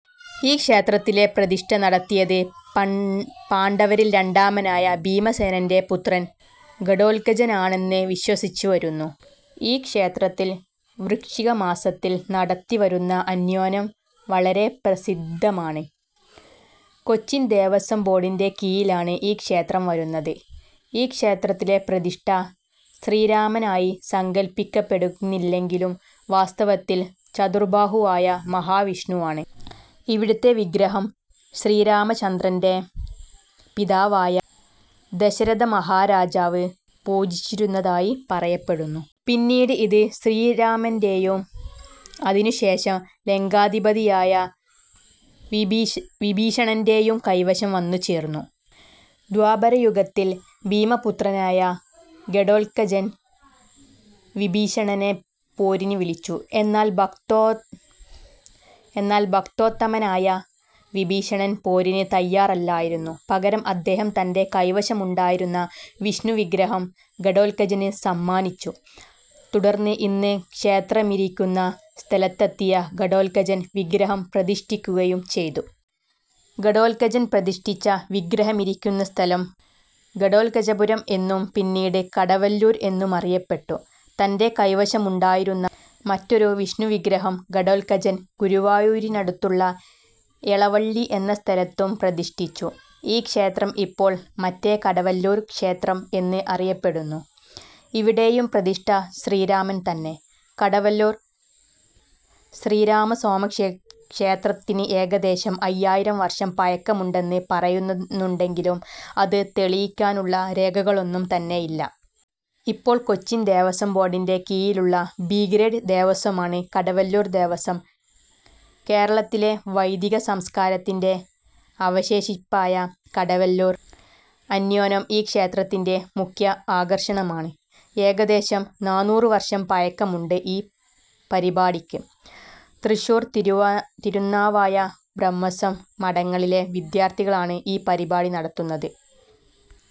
ഈ ക്ഷേത്രത്തിലെ പ്രതിഷ്ഠ നടത്തിയത് പാണ്ഡവരിൽ രണ്ടാമനായ ഭീമസേനന്റെ പുത്രൻ ഘടോൽകചനാണെന്ന് വിശ്വസിച്ചുവരുന്നു. ഈ ക്ഷേത്രത്തിൽ വൃശ്ചികമാസത്തിൽ നടത്തിവരുന്ന അന്യോന്യം വളരെ പ്രസിദ്ധമാണ്. കൊച്ചിൻ ദേവസ്വം ബോർഡിന്റെ കീഴിലാണ് ഈ ക്ഷേത്രം വരുന്നത്. ഈ ക്ഷേത്രത്തിലെ പ്രതിഷ്ഠ ശ്രീരാമനായി സങ്കല്പിയ്ക്കപ്പെടുന്നെങ്കിലും വാസ്തവത്തിൽ ചതുർബാഹുവായ മഹാവിഷ്ണുവാണ്. ഇവിടത്തെ വിഗ്രഹം ശ്രീരാമചന്ദ്രന്റെ പിതാവായ ദശരഥമഹാരാജാവ് പൂജിച്ചിരുന്നതായി പറയപ്പെടുന്നു. പിന്നീട് ഇത് ശ്രീരാമന്റെയും അതിനുശേഷം ലങ്കാധിപതിയായ വിഭീഷണന്റെയും കൈവശം വന്നുചേർന്നു. ദ്വാപരയുഗത്തിൽ ഭീമപുത്രനായ ഘടോൽകചൻ വിഭീഷണനെ പോരിന് വിളിച്ചു. എന്നാൽ, ഭക്തോത്തമനായ വിഭീഷണൻ പോരിന് തയ്യാറല്ലായിരുന്നു. പകരം അദ്ദേഹം തന്റെ കൈവശമുണ്ടായിരുന്ന വിഷ്ണുവിഗ്രഹം ഘടോൽകചന് സമ്മാനിച്ചു. തുടർന്ന് ഇന്ന് ക്ഷേത്രമിരിയ്ക്കുന്ന സ്ഥലത്തെത്തിയ ഘടോൽകചൻ വിഗ്രഹം പ്രതിഷ്ഠിയ്ക്കുകയും ചെയ്തു. ഘടോൽകചൻ പ്രതിഷ്ഠിച്ച വിഗ്രഹമിരിയ്ക്കുന്ന സ്ഥലം 'ഘടോൽകചപുരം' എന്നും പിന്നീട് 'കടവല്ലൂർ' എന്നുമറിയപ്പെട്ടു. തന്റെ കൈവശമുണ്ടായിരുന്ന മറ്റൊരു വിഷ്ണുവിഗ്രഹം ഘടോൽകചൻ ഗുരുവായൂരിനടുത്തുള്ള എളവള്ളി എന്ന സ്ഥലത്തും പ്രതിഷ്ഠിച്ചു. ഈ ക്ഷേത്രം ഇപ്പോൾ 'മറ്റേ കടവല്ലൂർ ക്ഷേത്രം' എന്ന് അറിയപ്പെടുന്നു. ഇവിടെയും പ്രതിഷ്ഠ ശ്രീരാമൻ തന്നെ. കടവല്ലൂർ ശ്രീരാമസ്വാമിക്ഷേത്രത്തിന് ഏകദേശം അയ്യായിരം വർഷം പഴക്കമുണ്ടെന്ന് പറയുന്നുണ്ടെങ്കിലും അത് തെളിയിയ്ക്കാനുള്ള രേഖകളൊന്നും തന്നെയില്ല. ഇപ്പോൾ കൊച്ചിൻ ദേവസ്വം ബോർഡിന്റെ കീഴിലുള്ള 'ബി' ഗ്രേഡ് ദേവസ്വമാണ് കടവല്ലൂർ ദേവസ്വം. കേരളത്തിലെ വൈദിക സംസ്കാരത്തിന്റെ അവശേഷിപ്പായ കടവല്ലൂർ അന്യോന്യം ഈ ക്ഷേത്രത്തിന്റെ മുഖ്യ ആകർഷണമാണ്. ഏകദേശം നാന്നൂറുവർഷം പഴക്കമുണ്ട് ഈ പരിപാടിയ്ക്ക്. തൃശ്ശൂർ, തിരുനാവായ ബ്രഹ്മസ്വം മഠങ്ങളിലെ വിദ്യാർത്ഥികളാണ് ഈ പരിപാടി നടത്തുന്നത്.